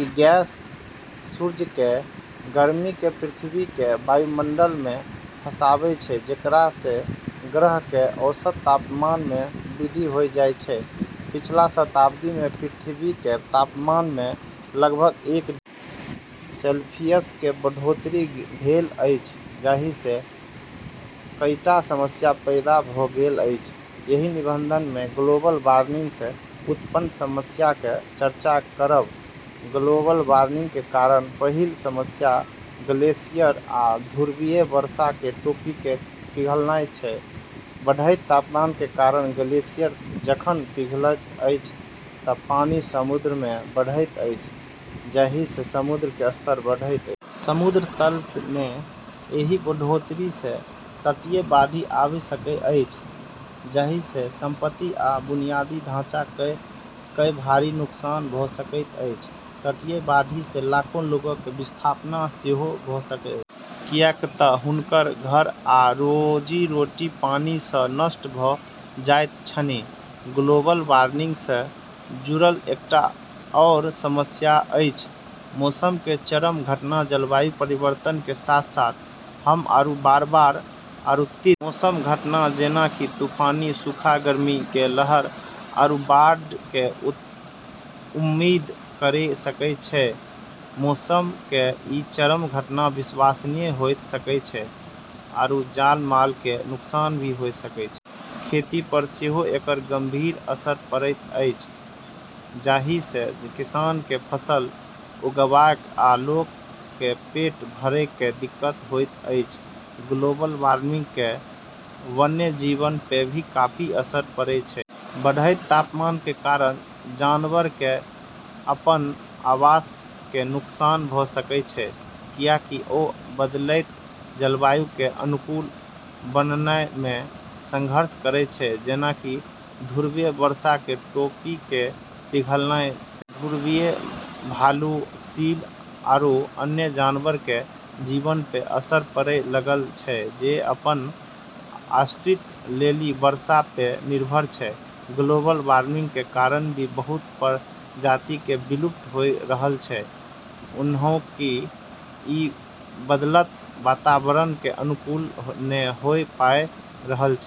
ई gas सूर्य केरऽ गर्मी के पृथ्वी केरऽ वायुमंडल मे फँसाबै छै जेकरा से ग्रह केरऽ औसत तापमान मे वृद्धि होय जाय छै, पिछला शताब्दी में पृथ्वी के तापमान में लगभग एक डिग्री सेल्सियस के बढ़ोतरी भेल अछि जाहि सं कईटा समस्या पैदा भ गेल अछि, एहि निबंध मे ग्लोबल वार्मिंग सँ उत्पन्न समस्याक चर्चा करब, ग्लोबल वार्मिंग के कारण पहिल समस्या ग्लेशियर आ ध्रुवीय बर्फ के टोपी के पिघलनाय छै, बढ़ैत तापमान के कारण ग्लेशियर जखन पिघलैत अछि त पानि समुद्र में बहैत अछि जाहि सं समुद्र के स्तर बढ़ैत अछि. समुद्र तल मे एहि बढ़ोतरी स तटीय बाढ़ि आबि सकैत अछि जाहि स संपत्ति आ बुनियादी ढांचा कए भारी नुकसान भ सकैत अछि, तटीय बाढ़ि सं लाखों लोकक विस्थापन सेहो भ सकैत अछि किएक त हुनकर घर आ रोजी-रोटी पानि सं नष्ट भ जाइत छनि, ग्लोबल वार्मिंग सं जुड़ल एकटा आओर समस्या अछि मौसम के चरम घटना जलवायु परिवर्तन के साथ-साथ हम्म आरू बार-बार आरू तीव्र मौसमी घटना जेना कि तूफान, सूखा, गर्मी के लहर आरू बाढ़ के उम्मीद करी सकै छियै, मौसम केरऽ ई चरम घटना विनाशकारी होय सकै छै आरू जान-माल केरऽ नुकसान भी होय सकै छै, खेती पर सेहो एकर गंभीर असर पड़ैत अछि जाहि सं किसान के फसल उगाबय आ लोक के पेट भरय मे दिक्कत होएत अछि, ग्लोबल वार्मिंग केरऽ वन्यजीवऽ पे भी काफी असर पड़ै छै, बढ़ैत तापमान कें कारण जानवरक कें अपन आवास कें नुकसान भ सकएय छै, कियाकि ओ बदलैत जलवायु कें अनुकूल बनएय मे संघर्ष करएयत छै जेना कि ध्रुवीय बर्फ के टोपी के पिघलला स॑ ध्रुवीय भालू, सील आरू अन्य जानवरऽ के जीवन पे असर पड़े लगलऽ छै जे अपनऽ अस्तित्व लेली बर्फ पे निर्भर छै, ग्लोबल वार्मिंग के कारण भी बहुत प्रजाति के विलुप्त होय रहलऽ छै कैन्हेंकि ई बदलतऽ वातावरण के अनुकूल नै होय पारी रहलऽ छै।